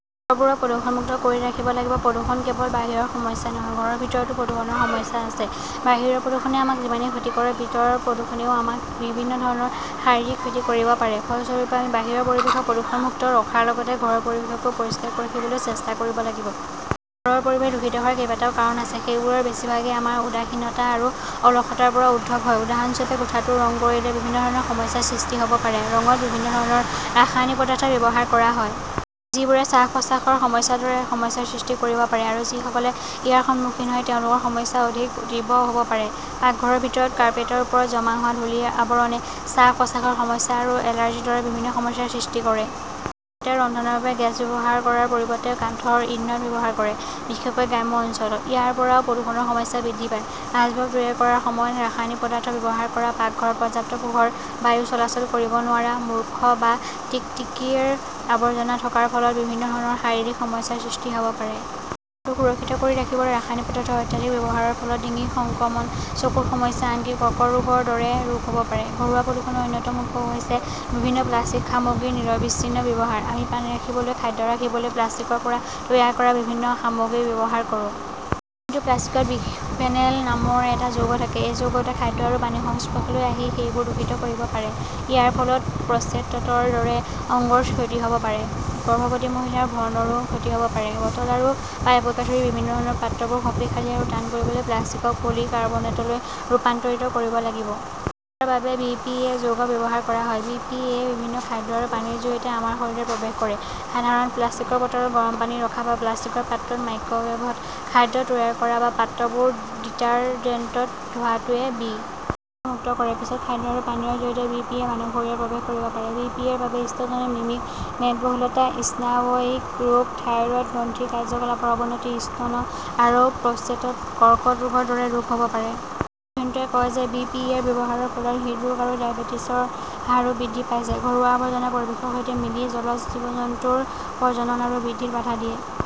ঘৰবোৰক প্ৰদূষণমুক্ত কৰি ৰাখিব লাগিব প্ৰদূষণ কেৱল বাহিৰৰ সমস্যা নহয়, ঘৰৰ ভিতৰতো প্ৰদূষণৰ সমস্যা আছে। বাহিৰৰ প্ৰদূষণে আমাক যিমানেই ক্ষতি কৰে, ভিতৰৰ প্ৰদূষণেও আমাক বিভিন্ন ধৰণৰ শাৰীৰিক ক্ষতি কৰিব পাৰে। ফলস্বৰূপে, আমি বাহিৰৰ পৰিৱেশক প্ৰদূষণমুক্ত ৰখাৰ লগতে ঘৰৰ পৰিৱেশকো পৰিষ্কাৰ ৰাখিবলৈ চেষ্টা কৰিব লাগিব। ঘৰৰ পৰিৱেশ দূষিত হোৱাৰ কেইবাটাও কাৰণ আছে। সেইবোৰৰ বেছিভাগেই আমাৰ উদাসীনতা আৰু অলসতাৰ পৰা উদ্ভৱ হয়। উদাহৰণস্বৰূপে, কোঠাটো ৰং কৰিলে বিভিন্ন ধৰণৰ সমস্যাৰ সৃষ্টি হ'ব পাৰে। ৰঙত বিভিন্ন ধৰণৰ ৰাসায়নিক পদাৰ্থ ব্যৱহাৰ কৰা হয়। যিবোৰে শ্বাস-প্ৰশ্বাসৰ সমস্যাৰ দৰে সমস্যাৰ সৃষ্টি কৰিব পাৰে, আৰু যিসকলে ইয়াৰ সন্মুখীন হয় তেওঁলোকৰ সমস্যা অধিক তীব্ৰ হ'ব পাৰে। পাকঘৰৰ ভিতৰত, কাৰ্পেটৰ ওপৰত জমা হোৱা ধূলিৰ আৱৰণে শ্বাস-প্ৰশ্বাসৰ সমস্যা আৰু এলাৰ্জিৰ দৰে বিভিন্ন সমস্যাৰ সৃষ্টি কৰে। বহুতে ৰন্ধনৰ বাবে গেছ ব্যৱহাৰ কৰাৰ পৰিৱৰ্তে কাঠৰ ইন্ধন ব্যৱহাৰ কৰে। বিশেষকৈ গ্ৰাম্য অঞ্চলত। ইয়াৰ পৰাও প্ৰদূষণৰ সমস্যা বৃদ্ধি পায়। আচবাব তৈয়াৰ কৰাৰ সময়ত ৰাসায়নিক পদাৰ্থ ব্যৱহাৰ কৰা, পাকঘৰত পৰ্যাপ্ত পোহৰ, বায়ু চলাচল কৰিব নোৱাৰা, মূৰ্খ বা টিকটিকিৰ আৱৰ্জনা থকাৰ ফলত বিভিন্ন ধৰণৰ শাৰীৰিক সমস্যাৰ সৃষ্টি হ'ব পাৰে। ঘৰটো সুৰক্ষিত কৰি ৰাখিবলৈ ৰাসায়নিক পদাৰ্থৰ অত্যাধিক ব্যৱহাৰৰ ফলত ডিঙিৰ সংক্ৰমণ, চকুৰ সমস্যা, আনকি কৰ্কট ৰোগৰ দৰে ৰোগ হ'ব পাৰে। ঘৰুৱা প্ৰদূষণৰ অন্যতম উৎস হৈছে বিভিন্ন প্লাষ্টিক সামগ্ৰীৰ নিৰবিচ্ছিন্ন ব্যৱহাৰ। আমি পানী ৰাখিবলৈ, খাদ্য ৰাখিবলৈ প্লাষ্টিকৰ পৰা তৈয়াৰ কৰা বিভিন্ন সামগ্ৰী ব্যৱহাৰ কৰো। কিন্তু প্লাষ্টিকত বিসফেনল নামৰ এটা যৌগ থাকে। এই যৌগটোৱে খাদ্য আৰু পানীৰ সংস্পৰ্শলৈ আহি সেইবোৰ দূষিত কৰিব পাৰে। ইয়াৰ ফলত প্ৰস্টেটৰ দৰে অংগৰ ক্ষতি হ'ব পাৰে, গৰ্ভৱতী মহিলাৰ ভ্ৰূণৰো ক্ষতি হ'ব পাৰে। বটল আৰু পাইপকে ধৰি বিভিন্ন ধৰণৰ পাত্ৰবোৰ শক্তিশালী আৰু টান কৰিবলৈ প্লাষ্টিকক পলি কাৰ্বনেটলৈ ৰূপান্তৰিত কৰিব লাগিব। ইয়াৰ বাবে বি. পি. এ. যৌগ ব্যৱহাৰ কৰা হয়। বি. পি. এ. বিভিন্ন খাদ্য আৰু পানীৰ জৰিয়তে আমাৰ শৰীৰত প্ৰৱেশ কৰে। সাধাৰণ প্লাষ্টিকৰ বটলত গৰম পানী ৰখা বা প্লাষ্টিকৰ পাত্ৰত মাইক্ৰৱেভত খাদ্য তৈয়াৰ কৰা বা পাত্ৰবোৰ ডিটাৰজেণ্টত ধোৱাটোৱে বি. পি. এ. মুক্ত কৰে। পিছত খাদ্য আৰু পানীয়ৰ জৰিয়তে বি. পি. এ. মানৱ শৰীৰত প্ৰৱেশ কৰিব পাৰে। বি. পি. এ.ৰ বাবে ইষ্ট্ৰজেন মিমিক, মেদবহুলতা, স্নায়ৱিক ৰোগ, থাইৰয়ড গ্ৰন্থিৰ কাৰ্য্যকলাপৰ অৱনতি, স্তন আৰু প্ৰস্টেট কৰ্কট ৰোগৰ দৰে ৰোগ হ'ব পাৰে। অধ্যয়নটোৱে কয় যে বি. পি. এ. -ৰ ব্যৱহাৰৰ ফলত হৃদৰোগ আৰু ডায়েবেটিছৰ হাৰো বৃদ্ধি পাইছে। ঘৰুৱা আৱৰ্জনা পৰিৱেশৰ সৈতে মিলি জলজ জীৱ-জন্তুৰ প্ৰজনন আৰু বৃদ্ধিত বাধা দিয়ে।